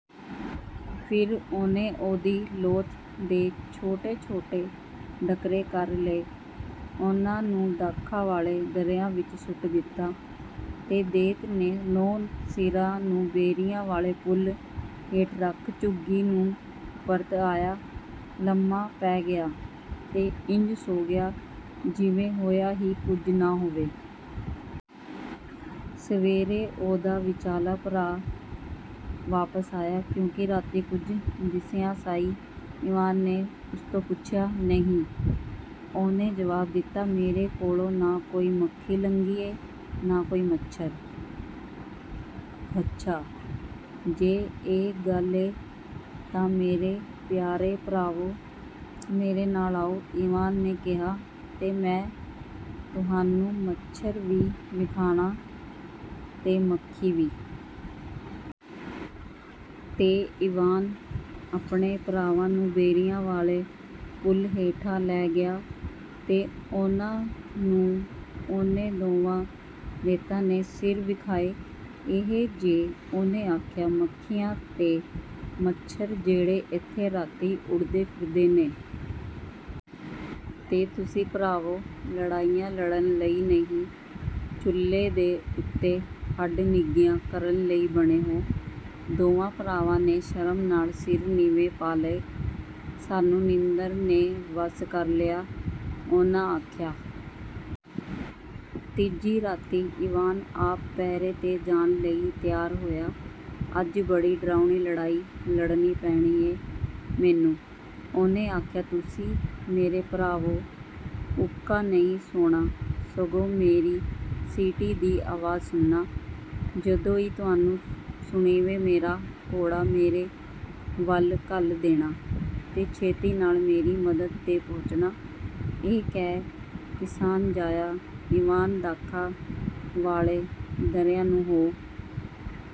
ਫੇਰ ਉਹਨੇ ਉਹਦੀ ਲੋਥ ਦੇ ਛੋਟੇ-ਛੋਟੇ ਡਕਰੇ ਕਰ ਲਏ, ਉਹਨਾਂ ਨੂੰ ਦਾਖਾਂ ਵਾਲੇ ਦਰਿਆ ਵਿੱਚ ਸੁੱਟ ਦਿੱਤਾ, ਤੇ ਦੈਂਤ ਦੇ ਨੌਂ ਸਿਰਾਂ ਨੂੰ ਬੇਰੀਆਂ ਵਾਲੇ ਪੁਲ ਹੇਠ ਰੱਖ, ਝੁੱਗੀ ਨੂੰ ਪਰਤ ਆਇਆ, ਲੰਮਾ ਪੈ ਗਿਆ ਤੇ ਇੰਜ ਸੌਂ ਗਿਆ, ਜਿਵੇਂ ਹੋਇਆ ਹੀ ਕੁਝ ਨਾ ਹੋਵੇ। ਸਵੇਰੇ ਉਹਦਾ ਵਿਚਲਾ ਭਰਾ ਵਾਪਸ ਆਇਆ। "ਕਿਉਂ, ਰਾਤੀਂ ਕੁਝ ਦਿਸਿਆ ਸਾਈ?" ਈਵਾਨ ਨੇ ਉਸ ਤੋਂ ਪੁੱਛਿਆ। "ਨਹੀਂ," ਉਹਨੇ ਜਵਾਬ ਦਿੱਤਾ। "ਮੇਰੇ ਕੋਲੋਂ ਨਾ ਕੋਈ ਮੱਖੀ ਲੰਘੀ ਏ, ਨਾ ਕੋਈ ਮੱਛਰ।" "ਅੱਛਾ, ਜੇ ਇਹ ਗੱਲ ਏ, ਤਾਂ, ਮੇਰੇ ਪਿਆਰੇ ਭਰਾਵੋ, ਮੇਰੇ ਨਾਲ ਆਓ," ਈਵਾਨ ਨੇ ਕਿਹਾ, "ਤੇ ਮੈਂ ਤੁਹਾਨੂੰ ਮੱਛਰ ਵੀ ਵਿਖਾਨਾਂ ਤੇ ਮੱਖੀ ਵੀ।" ਤੇ ਈਵਾਨ ਆਪਣੇ ਭਰਾਵਾਂ ਨੂੰ ਬੇਰੀਆਂ ਵਾਲੇ ਪੁਲ ਹੇਠਾਂ ਲੈ ਗਿਆ ਤੇ ਉਹਨਾਂ ਨੂੰ ਉਹਨੇ ਦੋਵਾਂ ਦੈਤਾਂ ਦੇ ਸਿਰ ਵਿਖਾਏ। "ਇਹ ਜੇ," ਉਹਨੇ ਆਖਿਆ, "ਮੱਖੀਆਂ ਤੇ ਮੱਛਰ ਜਿਹੜੇ ਏਥੇ ਰਾਤੀਂ ਉਡਦੇ ਫਿਰਦੇ ਨੇ। ਤੇ ਤੁਸੀਂ, ਭਰਾਵੋ, ਲੜਾਈਆਂ ਲੜਨ ਲਈ ਨਹੀਂ, ਚੁੱਲ੍ਹੇ ਦੇ ਉੱਤੇ ਹੱਡ ਨਿੱਘਿਆਂ ਕਰਨ ਲਈ ਬਣੇ ਹੋ।" ਦੋਵਾਂ ਭਰਾਵਾਂ ਨੇ ਸ਼ਰਮ ਨਾਲ ਸਿਰ ਨੀਵੇਂ ਪਾ ਲਏ। "ਸਾਨੂੰ ਨੀਂਦਰ ਨੇ ਵੱਸ ਕਰ ਲਿਆ," ਉਹਨਾਂ ਆਖਿਆ। ਤੀਜੀ ਰਾਤੀਂ ਈਵਾਨ ਆਪ ਪਹਿਰੇ 'ਤੇ ਜਾਣ ਲਈ ਤਿਆਰ ਹੋਇਆ। "ਅੱਜ ਬੜੀ ਡਰਾਉਣੀ ਲੜਾਈ ਲੜਨੀ ਪੈਣੀ ਏ ਮੈਨੂੰ," ਉਹਨੇ ਆਖਿਆ। "ਤੁਸੀਂ, ਮੇਰੇ ਭਰਾਵੋ, ਉਕਾ ਨਹੀਂ ਸੌਣਾ, ਸਗੋਂ ਮੇਰੀ ਸੀਟੀ ਦੀ ਆਵਾਜ਼ ਸੁਣਨਾ। ਜਦੋਂ ਈ ਤੁਹਾਨੂੰ ਸੁਣੀਵੇ, ਮੇਰਾ ਘੋੜਾ ਮੇਰੇ ਵੱਲ ਘੱਲ ਦੇਣਾ ਤੇ ਛੇਤੀ ਨਾਲ ਮੇਰੀ ਮਦਦ 'ਤੇ ਪਹੁੰਚਣਾ।" ਇਹ ਕਹਿ, ਕਿਸਾਨ-ਜਾਇਆ ਈਵਾਨ ਦਾਖਾਂ ਵਾਲੇ ਦਰਿਆ ਨੂੰ ਹੋ